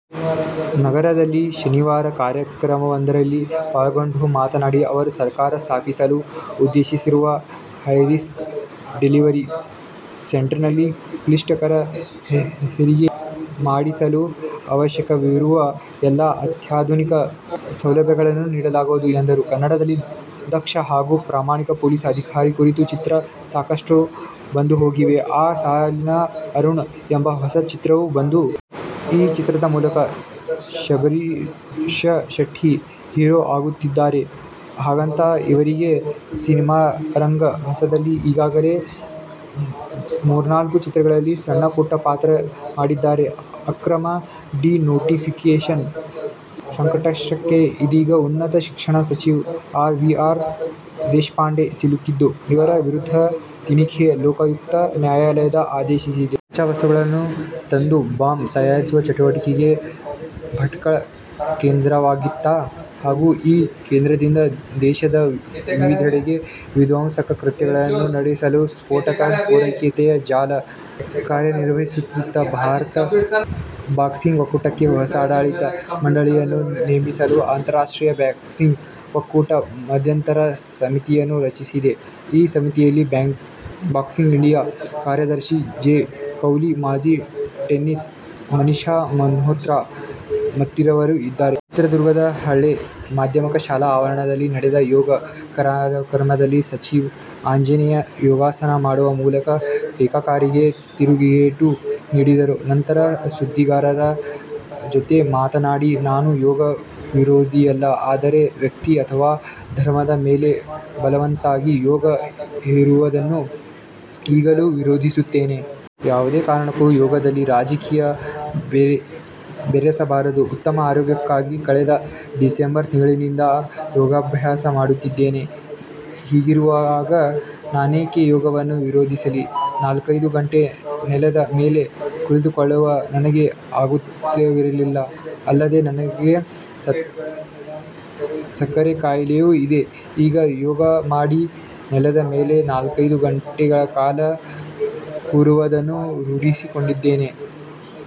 ನಗರದಲ್ಲಿ ಶನಿವಾರ ಕಾರ್ಯಕ್ರಮವೊಂದರಲ್ಲಿ ಪಾಲ್ಗೊಂಡು ಮಾತನಾಡಿದ ಅವರು, ಸರ್ಕಾರ ಸ್ಥಾಪಿಸಲು ಉದ್ದೇಶಿಸಿರುವ ಹೈರಿಸ್ಕ್ ಡೆಲಿವರಿ ಸೆಂಟರ್ನಲ್ಲಿ ಕ್ಲಿಷ್ಟಕರ ಹೆರಿಗೆ ಮಾಡಿಸಲು ಅವಶ್ಯವಿರುವ ಎಲ್ಲ ಅತ್ಯಾಧುನಿಕ ಸೌಲಭ್ಯಗಳನ್ನು ನೀಡಲಾಗುವುದು ಎಂದರು. ಕನ್ನಡದಲ್ಲಿ ದಕ್ಷ ಹಾಗು ಪ್ರಾಮಾಣಿಕ ಪೊಲೀಸ್ ಅಧಿಕಾರಿ ಕುರಿತ ಚಿತ್ರಗಳು ಸಾಕಷ್ಟು ಬಂದು ಹೋಗಿವೆ. ಆ ಸಾಲಿಗೆ "ಅರುಣ್' ಎಂಬ ಹೊಸ ಚಿತ್ರವೂ ಒಂದು. ಈ ಚಿತ್ರದ ಮೂಲಕ ಶಬರೀಷ್ ಶೆಟ್ಟಿ ಹೀರೋ ಆಗುತ್ತಿದ್ದಾರೆ. ಹಾಗಂತ ಇವರಿಗೆ ಸಿನಿಮಾರಂಗ ಹೊಸದಲ್ಲ. ಈಗಾಗಲೇ ಮೂರ್ನಾಲ್ಕು ಚಿತ್ರಗಳಲ್ಲಿ ಸಣ್ಣಪುಟ್ಟ ಪಾತ್ರ ಮಾಡಿದ್ದಾರೆ. ಅಕ್ರಮ ಡಿ-ನೋಟಿಫಿಕೇಷನ್ ಸಂಕಷ್ಟಕ್ಕೆ ಇದೀಗ ಉನ್ನತ ಶಿಕ್ಷಣ ಸಚಿವ ಆರ್. ವಿ. ದೇಶಪಾಂಡೆ ಸಿಲುಕಿದ್ದು ಇವರ ವಿರುದ್ಧ ತನಿಖೆ ಗೆ ಲೋಕಾಯುಕ್ತ ನ್ಯಾಯಾಲಯ ಆದೇಶಿಸಿದೆ. ಕಚ್ಚಾವಸ್ತುಗಳನ್ನು ತಂದು ಬಾಂಬ್ ತಯಾರಿಸುವ ಚಟುವಟಿಕೆಗೆ ಭಟ್ಕಳ ಕೇಂದ್ರವಾಗಿತ್ತಾ? ಹಾಗೂ ಈ ಕೇಂದ್ರದಿಂದ ದೇಶದ ವಿವಿಧೆಡೆ ವಿಧ್ವಂಸಕ ಕೃತ್ಯಗಳನ್ನು ನಡೆಸಲು ಸ್ಫೋಟಕ ಪೂರೈಕೆಯ ಜಾಲ ಕಾರ್ಯನಿರ್ವಹಿಸುತ್ತಿತ್ತಾ? ಭಾರತ ಬಾಕ್ಸಿಂಗ್ ಒಕ್ಕೂಟಕ್ಕೆ ಹೊಸ ಆಡಳಿತ ಮಂಡಳಿಯನ್ನು ನೇಮಿಸಲು ಅಂತಾರಾಷ್ಟ್ರೀಯ ಬಾಕ್ಸಿಂಗ್ ಒಕ್ಕೂಟ ಮಧ್ಯಂತರ ಸಮಿತಿಯನ್ನು ರಚಿಸಿದೆ. ಈ ಸಮಿತಿಯಲ್ಲಿ ಬಾಕ್ಸಿಂಗ್ ಇಂಡಿಯಾ ಕಾರ್ಯದರ್ಶಿ ಜೇ ಕೌಲಿ, ಮಾಜಿ ಟೆನ್ನಿಸ್ ಮನೀಶಾ ಮಲ್ಹೋತ್ರಾ ಮತ್ತಿತರರು ಇದ್ದಾರೆ. ಚಿತ್ರದುರ್ಗದ ಹಳೇ ಮಾಧ್ಯಮಕ ಶಾಲೆ ಆವರಣದಲ್ಲಿ ನಡೆದ ಯೋಗ ಕಾರ್ಯಕ್ರಮದಲ್ಲಿ ಸಚಿವ ಆಂಜನೇಯ ಯೋಗಾಸನ ಮಾಡುವ ಮೂಲಕ ಟೀಕಾಕಾರಿಗೆ ತಿರುಗೇಟು ನೀಡಿದರು. ನಂತರ ಸುದ್ದಿಗಾರರ ಜತೆ ಮಾತನಾಡಿ, "ನಾನು ಯೋಗ ವಿರೋಧಿಯಲ್ಲ. ಆದರೆ, ವ್ಯಕ್ತಿ ಅಥವಾ ಧರ್ಮದ ಮೇಲೆ ಬಲವಂತವಾಗಿ ಯೋಗ ಹೇರುವುದನ್ನು ಈಗಲೂ ವಿರೋಧಿಸುತ್ತೇನೆ. ಯಾವುದೇ ಕಾರಣಕ್ಕೂ ಯೋಗದಲ್ಲಿ ರಾಜಕೀಯ ಬೆರೆಸಬಾರದು. ಉತ್ತಮ ಆರೋಗ್ಯಕ್ಕಾಗಿ ಕಳೆದ ಡಿಸೆಂಬರ್ ತಿಂಗಳಿನಿಂದ ಯೋಗಾಭ್ಯಾಸ ಮಾಡುತ್ತಿದ್ದೇನೆ. ಹೀಗಿರುವಾಗ ನಾನೇಕೆ ಯೋಗವನ್ನು ವಿರೋಧಿಸಲಿ. ನಾಲ್ಕೈದು ಗಂಟೆ ನೆಲದ ಮೇಲೆ ಕುಳಿತುಕೊಳ್ಳಲು ನನಗೆ ಆಗುತ್ತಿರಲಿಲ್ಲ. ಅಲ್ಲದೆ ನನಗೆ ಸಕ್ಕರೆ ಕಾಯಿಲೆಯೂ ಇದೆ. ಈಗ ಯೋಗ ಮಾಡಿ ನೆಲದ ಮೇಲೆ ನಾಲ್ಕೈದು ಗಂಟೆಗಳ ಕಾಲ ಕೂರುವುದನ್ನು ರೂಢಿಸಿಕೊಂಡಿದ್ದೇನೆ.